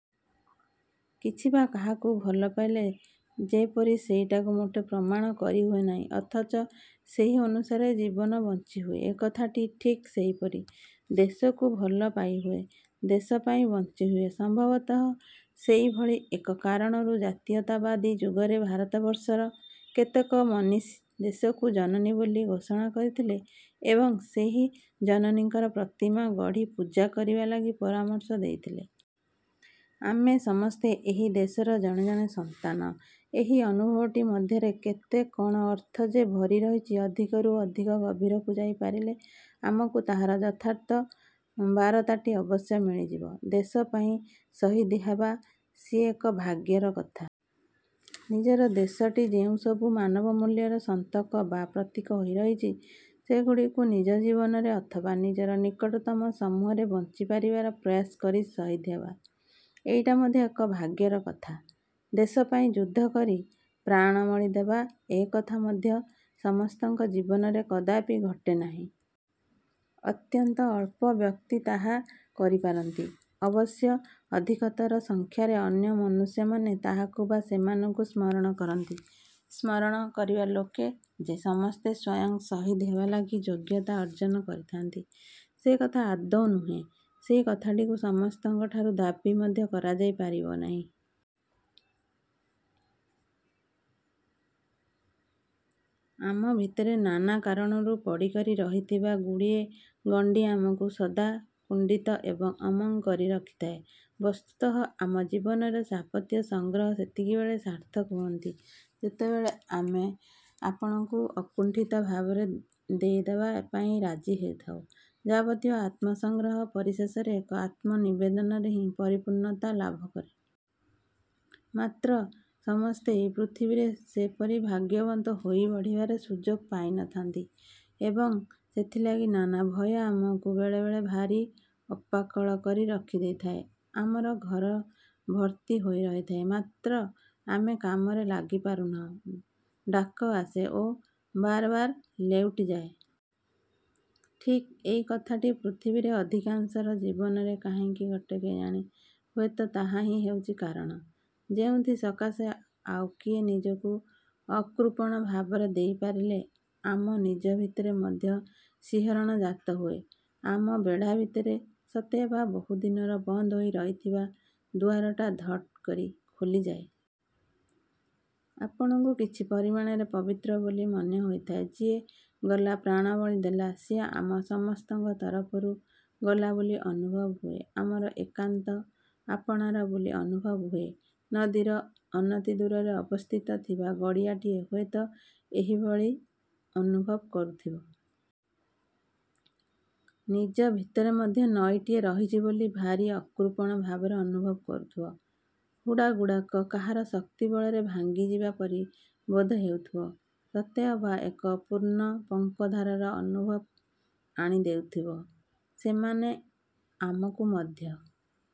କିଛି ବା କାହାକୁ ଭଲ ପାଇଲେ ଯେପରି ସେଇଟାକୁ ମୋଟେ ପ୍ରମାଣ କରିହୁଏ ନାହିଁ ଅଥଚ ସେହି ଅନୁସାରେ ଜୀବନ ବଞ୍ଚିହୁଏ, ଏକଥାଟି ଠିକ୍ ସେହିପରି। ଦେଶକୁ ଭଲ ପାଇହୁଏ, ଦେଶ ପାଇଁ ବଞ୍ଚିହୁଏ। ସମ୍ଭବତଃ ସେହିଭଳି ଏକ କାରଣରୁ ଜାତୀୟତାବାଦୀ ଯୁଗରେ ଭାରତବର୍ଷର କେତେକ ମନୀଷୀ ଦେଶକୁ ଜନନୀ ବୋଲି ଘୋଷଣା କରିଥିଲେ ଏବଂ ସେହି ଜନନୀଙ୍କର ପ୍ରତିମା ଗଢ଼ି ପୂଜା କରିବା ଲାଗି ପରାମର୍ଶ ଦେଇଥିଲେ। ଆମେ ସମସ୍ତେ ଏହି ଦେଶର ଜଣେ ଜଣେ ସନ୍ତାନ, ଏହି ଅନୁଭବଟି ମଧ୍ୟରେ କେତେ କଣ ଅର୍ଥ ଯେ ଭରି ରହିଛି, ଅଧିକ ରୁ ଅଧିକ ଗଭୀରକୁ ଯାଇ ପାରିଲେ ଆମକୁ ତାହାର ଯଥାର୍ଥ ବାରତାଟି ଅବଶ୍ୟ ମିଳିଯିବ। ଦେଶ ପାଇଁ ସହିଦ ହେବା ସିଏ ଏକ ଭାଗ୍ୟର କଥା। ନିଜର ଦେଶଟି ଯେଉଁସବୁ ମାନବମୂଲ୍ୟର ସନ୍ତକ ବା ପ୍ରତୀକ ହୋଇ ରହିଛି, ସେଗୁଡ଼ିକୁ ନିଜ ଜୀବନରେ ଅଥବା ନିଜର ନିକଟତମ ସମୂହରେ ବଞ୍ଚି ପାରିବାର ପ୍ରୟାସ କରି ସହିଦ ହେବା, ଏଇଟି ମଧ୍ୟ ଏକ ଭାଗ୍ୟର କଥା। ଦେଶ ପାଇଁ ଯୁଦ୍ଧ କରି ପ୍ରାଣବଳି ଦେବା, ଏକଥା ମଧ୍ୟ ସମସ୍ତଙ୍କ ଜୀବନରେ କଦାପି ଘଟେ ନାହିଁ। ଅତ୍ୟନ୍ତ ଅଳ୍ପ ବ୍ୟକ୍ତି ତାହା କରିପାରନ୍ତି। ଅବଶ୍ୟ ଅଧିକତର ସଂଖ୍ୟାରେ ଅନ୍ୟ ମନୁଷ୍ୟମାନେ ତାହାକୁ ବା ସେମାନଙ୍କୁ ସ୍ମରଣ କରନ୍ତି। ସ୍ମରଣ କରିବା ଲୋକେ ଯେ ସମସ୍ତେ ସ୍ଵୟଂ ସହିଦ ହେବାଲାଗି ଯୋଗ୍ୟତା ଅର୍ଜନ କରିଥାନ୍ତି, ସେକଥା ଆଦୌ ନୁହେଁ। ସେହି କଥାଟିକୁ ସମସ୍ତଙ୍କ ଠାରୁ ଦାବି ମଧ୍ୟ କରାଯାଇ ପାରିବ ନାହିଁ। ଆମ ଭିତରେ ନାନା କାରଣରୁ ପଡ଼ିକରି ରହିଥିବା ଗୁଡ଼ିଏ ଗଣ୍ଡି ଆମକୁ ସଦାକୁଣ୍ଡିତ ଏବଂ ଅମଙ୍ଗ କରି ରଖିଥାଏ। ବସ୍ତୁତଃ ଆମ ଜୀବନର ଯାବତୀୟ ସଂଗ୍ରହ ସେତିକିବେଳେ ସାର୍ଥକ ହୁଅନ୍ତି, ଯେତେବେଳେ ଆମେ ଆପଣକୁ ଅକୁଣ୍ଠିତ ଭାବରେ ଦେଇଦେବା ପାଇଁ ରାଜି ହେଇଥାଉ। ଯାବତୀୟ ଆତ୍ମସଂଗ୍ରହ ପରିଶେଷରେ ଏକ ଆତ୍ମନିବେଦନରେ ହିଁ ପରିପୂର୍ଣ୍ଣତା ଲାଭକରେ। ମାତ୍ର, ସମସ୍ତେ ଏହି ପୃଥିବୀରେ ସେପରି ଭାଗ୍ୟବନ୍ତ ହୋଇ ବଢ଼ିବାର ସୁଯୋଗ ପାଇନଥାନ୍ତି ଏବଂ ସେଥିଲାଗି ନାନା ଭୟ ଆମକୁ ବେଳେବେଳେ ଭାରି ଅପାକଳ କରି ରଖିଦେଇଥାଏ। ଆମର ଘର ଭର୍ତ୍ତି ହୋଇ ରହିଥାଏ, ମାତ୍ର ଆମେ କାମରେ ଲାଗି ପାରୁନାନାଉଁ । ଡାକ ଆସେ ଓ ବାରବାର ଲେଉଟିଯାଏ। ଠିକ୍ ଏହି କଥାଟି ପୃଥିବୀରେ ଅଧିକାଂଶଙ୍କର ଜୀବନରେ କାହିଁକି ଘଟେ କେଜାଣି? ହୁଏତ ତାହା ହିଁ ହେଉଛି କାରଣ, ଯେଉଁଥି ସକାଶେ ଆଉ କିଏ ନିଜକୁ ଅକୃପଣ ଭାବରେ ଦେଇପାରିଲେ ଆମ ନିଜ ଭିତରେ ମଧ୍ୟ ଶିହରଣ ଜାତହୁଏ, ଆମ ବେଢ଼ା ଭିତରେ ସତେଅବା ବହୁଦିନର ବନ୍ଦ ହୋଇ ରହିଥିବା ଦୁଆରଟା ଧଡ଼ କରି ଖୋଲିଯାଏ। ଆପଣଙ୍କୁ କିଛି ପରିମାଣରେ ପବିତ୍ର ବୋଲି ମନେ ହୋଇଥାଏ। ଯିଏ ଗଲା ପ୍ରାଣବଳି ଦେଲା, ସିଏ ଆମ ସମସ୍ତଙ୍କ ତରଫରୁ ଗଲା ବୋଲି ଅନୁଭବ ହୁଏ। ଆମର ଏକାନ୍ତ ଆପଣାର ବୋଲି ଅନୁଭବ ହୁଏ। ନଦୀର ଅନତିଦୂରରେ ଅବସ୍ଥିତ ଥିବା ଗଡ଼ିଆଟିଏ ହୁଏତ ଏହିଭଳି ଅନୁଭବ କରୁଥିବ। ନିଜ ଭିତରେ ମଧ୍ୟ ନଈଟିଏ ରହିଛି ବୋଲି ଭାରି ଅକୃପଣ ଭାବରେ ଅନୁଭବ କରୁଥିବ। ହୁଡ଼ାଗୁଡ଼ାକ କାହାର ଶକ୍ତିବଳରେ ଭାଙ୍ଗିଯିବା ପରି ବୋଧ ହେଉଥିବ। ସତେ ଅବା ଏକ ପୂର୍ଣ୍ଣ ପଙ୍କୋଦ୍ଧାରର ଅନୁଭବ ଆଣି ଦେଉଥିବ। ସେମାନେ ଆମକୁ ମଧ୍ୟ